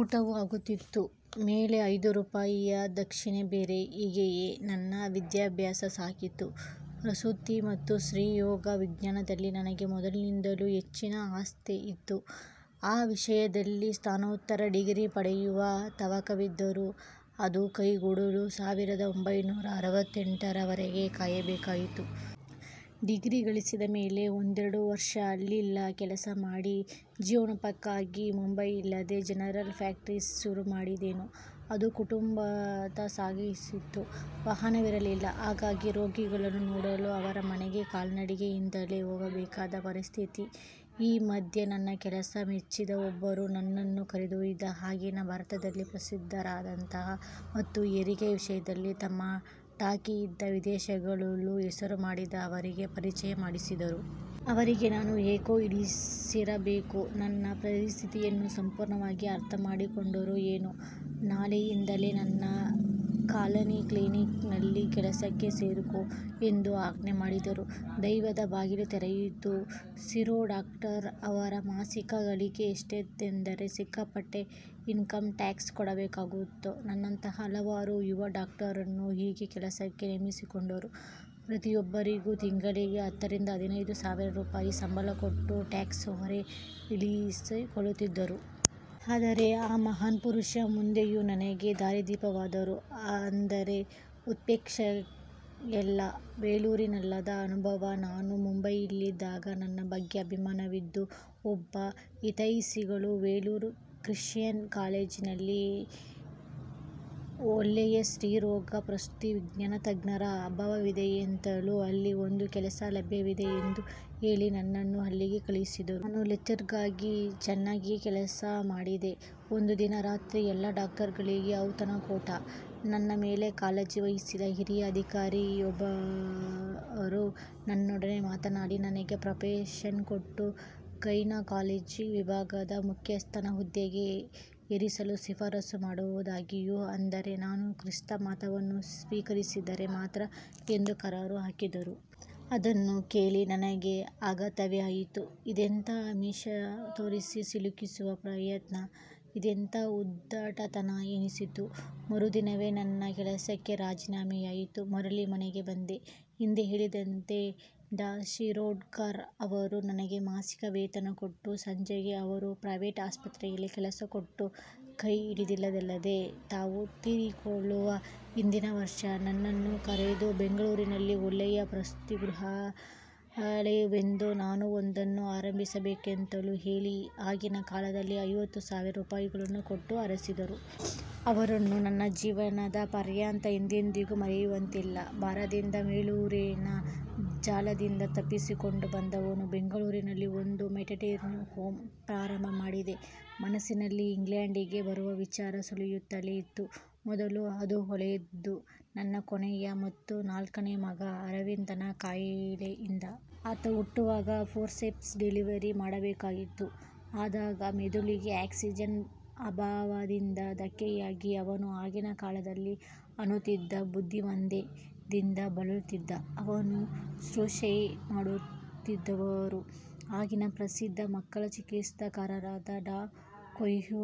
ಊಟವೂ ಆಗುತ್ತಿತ್ತು. ಮೇಲೆ ಐದು ರೂಪಾಯಿಯ ದಕ್ಷಿಣೆ ಬೇರೆ ಹೀಗೆಯೇ ನನ್ನ ವಿದ್ಯಾಭ್ಯಾಸ ಸಾಗಿತು. ಪ್ರಸೂತಿ ಮತ್ತು ಸ್ತ್ರೀರೋಗ ವಿಜ್ಞಾನದಲ್ಲಿ ನನಗೆ ಮೊದಲಿನಿಂದಲೂ ಹೆಚ್ಚಿನ ಆಸ್ಥೆ ಇತ್ತು. ಆ ವಿಷಯದಲ್ಲಿ ಸ್ನಾತಕೋತ್ತರ ಡಿಗ್ರಿ ಪಡೆಯುವ ತವಕವಿದ್ದರೂ ಅದು ಕೈಗೂಡಲು ಸಾವಿರದ ಒಂಭೈನೂರ ಅರವತ್ತೆಂಟರ ವರೆಗೆ ಕಾಯಬೇಕಾಯಿತು. ಡಿಗ್ರಿ ಗಳಿಸಿದ ಮೇಲೆ ಒಂದೆರಡು ವರ್ಷ ಅಲ್ಲಿಲ್ಲಿ ಕೆಲಸ ಮಾಡಿ ಜೀವನೋಪಾಯಕ್ಕಾಗಿ ಮುಂಬಯಿಯಲ್ಲೇ ಜನರಲ್ ಪ್ರಾಕ್ಟಿಸ್ ಶುರುಮಾಡಿದೆನು. ಅದು ಕುಂಟುತ್ತ ಸಾಗಿತ್ತು. ವಾಹನವಿರಲಿಲ್ಲ. ಹಾಗಾಗಿ ರೋಗಿಗಳನ್ನು ನೋಡಲು ಅವರ ಮನೆಗೆ ಕಾಲ್ನಡಿಗೆಯಿಂದಲೇ ಹೋಗಬೇಕಾದ ಪರಿಸ್ಠಿತಿ. ಈ ಮಧ್ಯೆ ನನ್ನ ಕೆಲಸ ಮೆಚ್ಚಿದ ಒಬ್ಬರು ನನ್ನನ್ನು ಕರೆದೊಯ್ದು ಆಗಿನ ಭಾರತಲ್ಲೇ ಪ್ರಸಿದ್ಧರಾದಂಥ ಮತ್ತು ಹೆರಿಗೆಯ ವಿಷಯದಲ್ಲಿ ತಮ್ಮ 'ಟಾಕಿ' ಯಿಂದ ವಿದೇಶಗಳಲ್ಲೂ ಹೆಸರು ಮಾಡಿದ ಅವರಿಗೆ ಪರಿಚಯ ಮಾಡಿಸಿದರು. ಅವರಿಗೆ ನಾನು ಯಾಕೋ ಹಿಡಿಸಿರಬೇಕು. ನನ್ನ ಪರಿಸ್ಥಿತಿಯನ್ನು ಸಂಪೂರ್ಣವಾಗಿ ಅರ್ಥ ಮಾಡಿಕೊಂಡರೋ ಏನೋ, 'ನಾಳೆಯಿಂದಲೇ ನನ್ನ "ಕಾಲನಿ ಕ್ಲಿನಿಕ್'' ನಲ್ಲಿ ಕೆಲಸಕ್ಕೆ ಸೇರಿಕೋ' ಎಂದು ಆಜ್ಞೆ ಮಾಡಿದರು. ದೈವದ ಬಾಗಿಲು ತೆರೆಯಿತು. ಶಿರೋಡ್ಕರ್ ಅವರ ಮಾಸಿಕ ಗಳಿಕೆ ಎಷ್ಟಿತ್ತೆಂದರೆ ಸಿಕ್ಕಾಪಟ್ಟೆ ಇನ್ಕಂ ಟ್ಯಾಕ್ಸ್ ಕೊಡಬೇಕಾಗುತ್ತು. ನನ್ನಂಥ ಹಲವಾರು ಯುವ ಡಾಕ್ಟರನ್ನು ಹೀಗೆ ಕೆಲಸಕ್ಕೆ ನೇಮಿಸಿಕೊಂಡು ಪ್ರತಿಯೊಬ್ಬರಿಗೆ ತಿಂಗಳಿಗೆ ಹತ್ತರಿಂದ ಹದಿನೈದು ಸಾವಿರ ರೂಪಾಯಿ ಸಂಬಳ ಕೊಟ್ಟು ಟ್ಯಾಕ್ಸ್ ಹೊರೆ ಇಳಿಸಿಕೊಳ್ಳುತ್ತಿದ್ದರು. ಆದರೆ ಆ ಮಹಾ ಪುರುಷ ಮುಂದೆಯೂ ನನಗೆ ದಾರಿದೀಪವಾದರು ಅಂದರೆ ಉತ್ಪ್ರೇಕ್ಷೆಯಲ್ಲ. ವೆಲ್ಲೂರಿನಲ್ಲಾದ ಅನುಭವ ನಾನು ಮುಂಬಯಿಯಲ್ಲಿದ್ದಾಗ ನನ್ನ ಬಗ್ಗೆ ಅಭಿಮಾನವಿದ್ದ ಒಬ್ಬ ಹಿತೈಷಿಗಳು ವೆಲ್ಲೂರ್ ಕ್ರಿಶ್ಚಯನ್ ಕಾಲೇಜಿನಲ್ಲಿ ನಲ್ಲಿ ಒಳ್ಳೆಯ ಸ್ತ್ರೀ ರೋಗ-ಪ್ರಸೂತಿ ವಿಜ್ಞಾನ ತಜ್ಞರ ಅಭಾವವಿದೆಯೆಂತಲೂ, ಅಲ್ಲಿ ಒಂದು ಕೆಲಸ ಲಭ್ಯವಿದೆ ಎಂದು ಹೇಳಿ ನನ್ನನ್ನು ಅಲ್ಲಿಗೆ ಕಳಿಸಿದರು. ನಾನು ಲೆಕ್ಚರರಾಗಿ ಚೆನ್ನಾಗಿಯೇ ಕೆಲಸ ಮಾಡಿದೆ. ಒಂದು ದಿನ ರಾತ್ರಿ ಎಲ್ಲ ಡಾಕ್ಟರುಗಳಿಗೆ ಔತಣಕೂಟ. ನನ್ನ ಮೇಲೆ ಕಾಳಜಿ ವಹಿಸಿದ್ದ ಹಿರಿಯ ಅಧಿಕಾರಿಗಳೊಬ್ಬರು ನನ್ನೊಡನೆ ಮಾತನಾಡಿ, ನನಗೆ ಪ್ರಮೋಷನ್ ಕೊಟ್ಟು ಗೈನಕಾಲಜಿ ವಿಭಾಗದ ಮುಖ್ಯಸ್ಥನ ಹುದ್ದೆಗೆ ಏರಿಸಲು ಶಿಫಾರಿಸು ಮಾಡುವದಾಗಿಯೂ ಆದರೆ ನಾನು ಕ್ರಿಸ್ತ ಮತವನ್ನು ಸ್ವೀಕರಿಸಿದರೆ ಮಾತ್ರ ಎಂದು ಕರಾರು ಹಾಕಿದರು. ಅದನ್ನು ಕೇಳಿ ನನಗೆ ಆಘಾತವೇ ಆಯಿತು. ಇದೆಂಥ ಆಮಿಷ ತೋರಿಸಿ ಸಿಲುಕಿಸುವ ಪ್ರಯತ್ನ, ಇದೆಂಥ ಉದ್ಧಟತನ ಎನಿಸಿತು, ಮರುದಿನವೇ ನನ್ನ ಕೆಲಸಕ್ಕೆರಾಜಿನಾಮೆಯಿತ್ತು ಮರಳಿ ಮನೆಗೆ ಬಂದೆ. ಹಿಂದೆ ಹೇಳಿದಂತೆ ಡಾ ಶಿರೋಡ್ ಕರ್ ಅವರು ನನಗೆ ಮಾಸಿಕ ವೇತನ ಕೊಟ್ಟು ಸಂಜೆಗೆ ಅವರ ಪ್ರೈವೇಟ್ ಆಸ್ಪತ್ರೆಯಲ್ಲಿ ಕೆಲಸ ಕೊಟ್ಟು ಕೈ ಹಿಡಿದಿದ್ದಲ್ಲದೆ, ತಾವು ತೀರಿಕೊಳ್ಳುವ ಹಿಂದಿನ ವರ್ಷ ನನ್ನನ್ನು ಕರೆದು ಬೆಂಗಳೂರಲ್ಲಿ ಒಳ್ಳೆಯ ಪ್ರಸೂತಿ ಗೃಹಗಳಿಲ್ಲವೆಂದೂ ನಾನು ಒಂದನ್ನು ಆರಂಭಿಸಬೇಕೆಂತಲೂ ಹೇಳಿ ಆಗಿನ ಕಾಲದಲ್ಲಿ ಐವತ್ತು ಸಾವಿರ ರೂಪಾಯಗಳನ್ನೂ ಕೊಟ್ಟು ಹರಸಿದರು. ಅವರನ್ನು ನನ್ನ ಜೀವನ ಪರ್ಯಂತ ಎಂದೆಂದಿಗೂ ಮರೆಯುವಂತಿಲ್ಲ. ಭರದಿಂದ ವೆಲ್ಲೂರಿನ ಜಾಲದಿಂದ ತಪ್ಪಿಸಿಕೊಂಡು ಬಂದವನು ಬೆಂಗಳೂರಲ್ಲಿ ಒಂದು ಮ್ಯಾಟರ್ನಿಟಿ ಹೋಮ್ ಪ್ರಾರಂಭ ಮಾಡಿದೆ. ಮನಸ್ಸಿನಲ್ಲಿ ಇಂಗ್ಲಂಡಿಗೆ ಬರುವ ವಿಚಾರ ಸುಳಿಯುತ್ತಲೇ ಇತ್ತು. ಮೊದಲು ಅದು ಹೊಳೆದುದು ನನ್ನ ಕೊನೆಯ ಮತ್ತು ನಾಲ್ಕನೆಯ ಮಗ ಅರವಿಂದನ ಕಾಯಿಲೆಯಿಂದ. ಆತ ಹುಟ್ಟುವಾಗ ಫೋರ್ಸೆಪ್ಸ್ ಡೆಲಿವರಿ ಮಾಡಬೇಕಾಯಿತು. ಆತನ ಮೆದುಳಿಗೆ ಆಕ್ಸಿಜನ್ ಅಭಾವದಿಂದ ಧಕ್ಕೆಯಾಗಿ ಅವನು ಆಗಿನ ಕಾಲದಲ್ಲಿ ಅನ್ನುತ್ತಿದ್ದ 'ಬುದ್ಧಿಮಾಂದ್ಯ'ದಿಂದ ಬಳಲುತ್ತಿದ್ದ. ಅವನ ಶುಶ್ರೂಷೆ ಮಾಡುತ್ತಿದ್ದವರು ಆಗಿನ ಪ್ರಸಿದ್ಧ ಮಕ್ಕಳ ಚಿಕಿತ್ಸಕರಾದ ಡಾ ಕೋಯೆಲ್ಹೋ.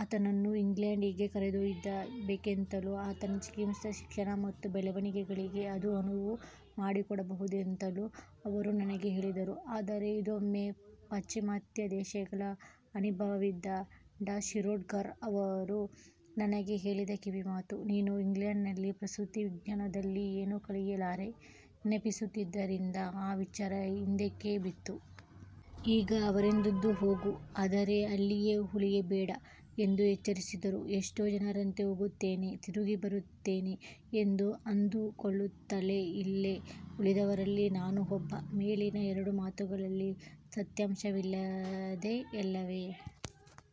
ಆತನನ್ನು ಇಂಗ್ಲಂಡಿಗೆ ಕರೆದೊಯ್ದು ಬೆಕೆಂತಲೂ ಆತನ ಚಿಕಿತ್ಸೆ, ಶಿಕ್ಷಣ ಮತ್ತು ಬೆಳವಣಿಗೆಗಳಿಗೆ ಅದು ಅನುವು ಮಾಡಿಕೊಡಬಹುದೆಂದಲೂ ಅವರು ನನಗೆ ಹೇಳಿದ್ದರು, ಆದರೆ ಹಿಂದೊಮ್ಮೆ ಪಾಶ್ಚಿಮಾತ್ಯ ದೇಶಗಳ ಅನಿಭವವಿದ್ದ ಡಾ ಶಿರೋಡ್ಕರ್ ಅವರು ನನಗೆ ಹೇಳಿದ ಕಿವಿಮಾತು "ನೀನು ಇಂಗ್ಲಂಡಿನಲ್ಲಿ ಪ್ರಸೂತಿ ವಿಜ್ಞಾನದಲ್ಲಿ ಏನೂ ಕಲಿಯಲಾರೆ" ನೆನಪಿಸುತ್ತಿದ್ದರಿಂದ ಆ ವಿಚಾರ ಹಿಂದಕ್ಕೆಬಿದ್ದಿತ್ತು. ಈಗ ಅವರೆಂದುದು ಹೋಗು, ಆದರೆ ಅಲ್ಲಿಯೇ ಉಳಿಯಬೇಡ ಎಂದು ಎಚ್ಚರಿಸಿದರು. ಎಷ್ಟೋ ಜನರಂತೆ ಹೋಗುತ್ತೇನೆ ತಿರುಗಿ ಬರುತ್ತೇನೆ ಎಂದು ಅಂದು ಕೊಳ್ಳುತ್ತಲೇ ಇಲ್ಲೆ ಉಳಿದವರಲ್ಲಿ ನಾನೂ ಒಬ್ಬ. ಮೇಲಿನ ಎರಡೂ ಮಾತುಗಳಲ್ಲಿ ಸತ್ಯಾಂಶವಿದೆಯಲ್ಲವೆ?.